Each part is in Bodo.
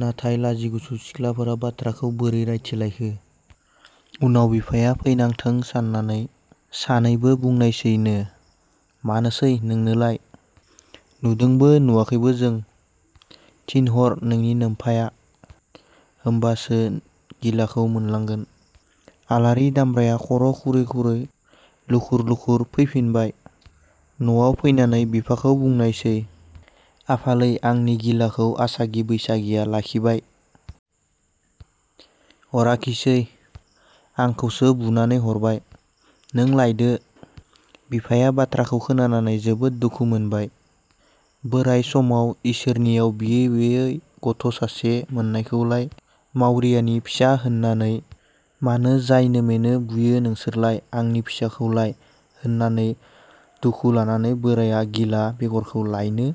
नाथाय लाजिगुसु सिख्लाफोरा बाथ्राखौ बोरै रायथिलायखो? उनाव बिफाया फैनांथों साननानै सानैबो बुंनायसैनो – मानोसै नोंनोलाय? नुदोंबो नुवाखैबो जों। थोनहर नोंनि नोमफाया; होमबासो गिलाखौ मोनलांगोन। आलारि दामब्राया खर' खुरै खुरै लुखुर लुखुर फैनांफिनबाय। नआव फैनानै बिफाखौ बुंफैनायसै- आफालै, आंनि गिलाखौ आसागि बैसागिया लाखिबाय। हराखिसै। आंखौसो बुनानै हरबाय। नों लायदो। बिफाया बाथ्राखौ खोनानानै जोबोर दुखु मोनबाय। "बोराइ समाव इसोरनियाव बियै बियै गथ' सासे मोननायखौलाय हावरियानि फिसा होननानै मानो जायनो मोनो बियो बुयोसोलाय आंनि फिसाखौलाय" होननानै दुखु लानानै बोराइया गिला बेगरखौ लायनो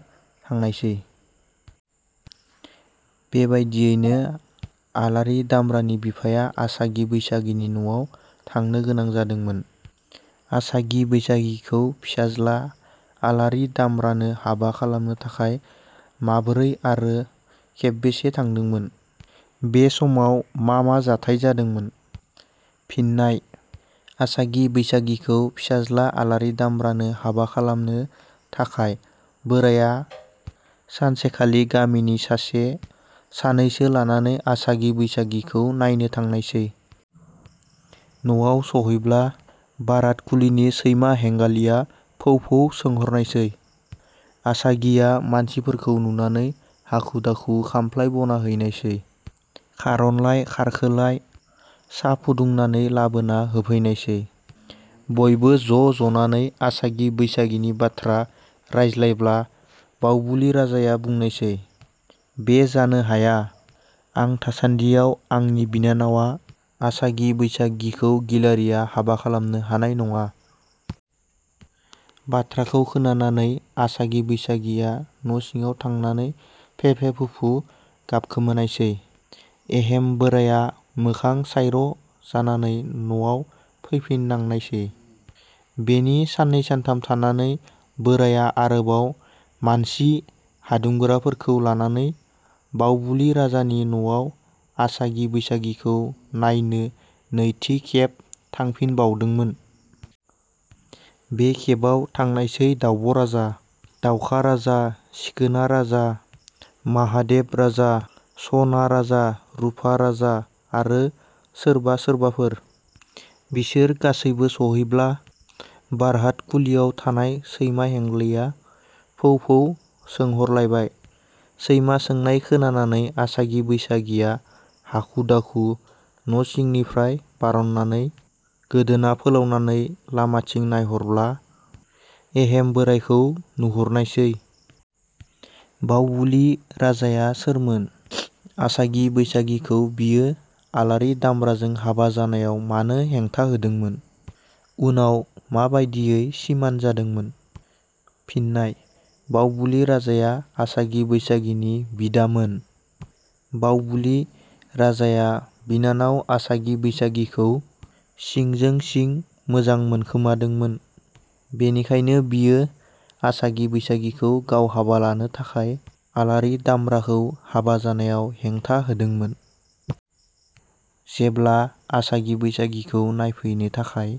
थांनायससै। बेबादियैनो आलारि दामब्रानि बिफाया आसागि बैसागिनि न'आव थांनोगोनां जादोंमोन।. आसागि-बैसागिखौ फिसाज्ला आलारि दामब्रानो हाबा खालामनो थाखाय माबोरै आरो खेबबेसे थांदोंमोन? बे समाव मा मा जाथाइ जादोंमोन? फिन: आसागि बैसागिखौ फिसाज्ला आलारि दामब्रानो हाबा खालामनो थाखाय बोराया सानसेखालि गामिनि सासे सानैसो लानानै आसागि बैसागिखौ नायनो थांनायसै। न'आव सहैब्ला बारहात खुलिनि सैमा हेंगालिया फौ फौ सोहरनायसै। आसागि बैसागिया मानसिफोरखौ नुनानै हाखु दाखु खामफ्लाइ बना होनायसै। खारनलाय खारखोलाय थांखु लागायनानै होफैनायसै। बयबो ज' जनानै आसागि बैसागिनि बाथ्रा रायज्लायब्ला बावबुलि राजाया बुंनायसै- बे जानो हाया, आं थासानदियाव आंनि बिनानाव आसागि बैसागिखौ गिलारिया हाबाआ खालामनो हानाय नडा। बाथ्राखौ खोनानानै आसागि बैसागिया न' सिडाव थांनानै फे-फे, फु-फु गाबखोमानायसै। एहेम बोराइया मोखां सायर' जानानै नआव फैफिननांनायसै। बेनि साननै सानथाम थानानै बोराइया आरोबाव मानसि हादुंगोराफोरखौ लानानै बावबुलि राजानि न'आव आसागि बैसागिखौ नायनो नैथि खेब थांफिनबावदोंमोन। बे खेबाव थांनायसै दाउब' राजा, दाउखा राजा, सिखोना राजा, माहादेब राजा, स'ना राजा, रुफा राजा आरो सोरबा सोरबाफोर। बिसोर गासैबो सहैब्ला बारहात खुलियाव थानाय सैमा हेंगालिया फौ फौ सोंलायबाय। सैमा सोंनाय खोनानानै आसागि बैसागिया हाखु दाखु न' सिंनिफ्राय बार'ननानै आजलं गोदोना फोलाउनानै लामाथिं नायहरब्ला एहेम बोराइखौ नुहुरनायसै। बावबुलि राजाया सोरमोन? आसागि-बैसागिखौ बियो आलारि दामब्राजों हाबा जानायाव मानो हेंथा होदोंमोन? उनाव माबायदियै सिमान जानांदोंमोन? फिनः बावबुलि राजाया आसागि बैसागिनि बिदामोन। बावबुलि राजाया बिनानाव आसागि बैसागिखौ सिंजों सिं मोजां मोनखौमादोंमोन। बेनिखायनो बियो आसागि बैसागिखौ गाव हाबा लानो थाखाय आलारि दामब्राखौ हाबा जानायाव हेंथा होदोंमोन। जेब्ला आसागि बैसागिखौ नायफैनो थाखाय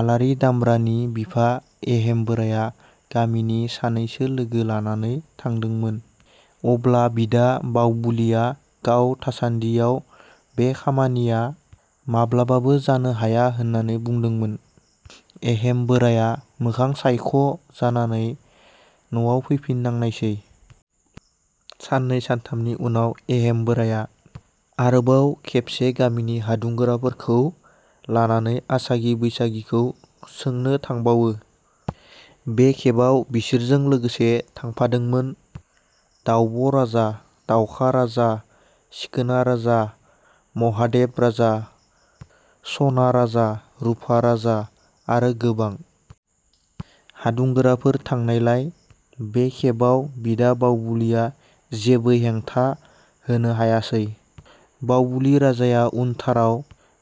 आलारि दामब्रानि बिफा एहेम बोराइया गामिनि सानैसो लोगो लानानै थांदोंमोन अब्ला बिदा बावबुलिया गाव थासानदियाव बे खामानिया माब्लाबाबो जानो हाया होननानै बुंदोंमोन। एहेम बोराइया मोखां सायख' जानानै नआव फैफिननांनायसै। साननै सानथामनि उनाव एहेम बोराया आरोबाव खेबसे गामिनि हादुंगोराफोरखौ लानानै आसागि बैसागिखौ सोंनो थांबावो। बे खेबाव बिसोरजों लोगोसे थांफादोंमोन दाउब' राजा, दाउखा राजा, सिखोना राजा, महादेब राजा, सना राजा, रुफा राजा, आरो गोबां। हादुंगोराफोर थांनायलाय बे खेबाव बिदा बावबुलिया जेबो हेंथा होनो हायासै। बावबुलि राजाया उनथाराव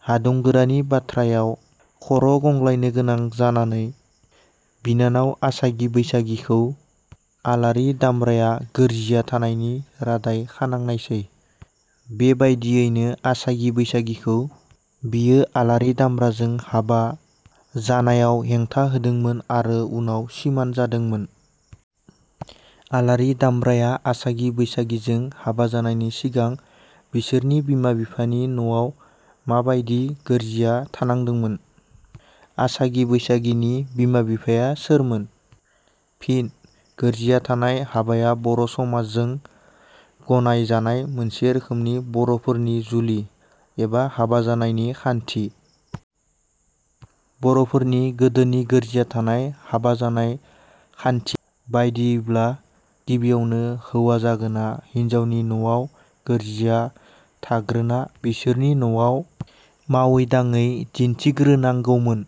हादुंगोरानि बाथ्रायाव खर' गंग्लायनो गोनां जानानै बिनानाव आसागि बैसागिखौ आलारि दामब्राया गोरजिया थानायनि रादाय खानांनायसै। बेबायदियैनो आसागि-बैसागिखौ बियो आलारि दामब्राजों हाबा जानायाव हेंथा होदोंमोन आरो उनाव सिमान जानांदोंमोन।. आलारि दामब्राया आसागि- बैसागिजों हाबा जानायनि सिगां बिसोरनि बिमा बिफानि नआव माबादि गोरजिया थानांदोंमोन? आसागि बैसागिनि बिमा-बिफाया सोरमोन? फिनः गोरजिया थानाय हाबाया बर' समाज जों गनायजानाय मोनसे रोखोमनि बर'फोरनि जुलि एबा हाबा जानायनि खान्थि। बर'फोरनि गोदोनि गोरजिया थानाय हाबा जानाय खान्थि बायदियैब्ला गिबियावनो हौवा जागोना हिनजावनि नवाव गोरजिया थाग्रोना बिसोरनि नवाव मावै-दाङै दिन्थिग्रोनांगौमोन।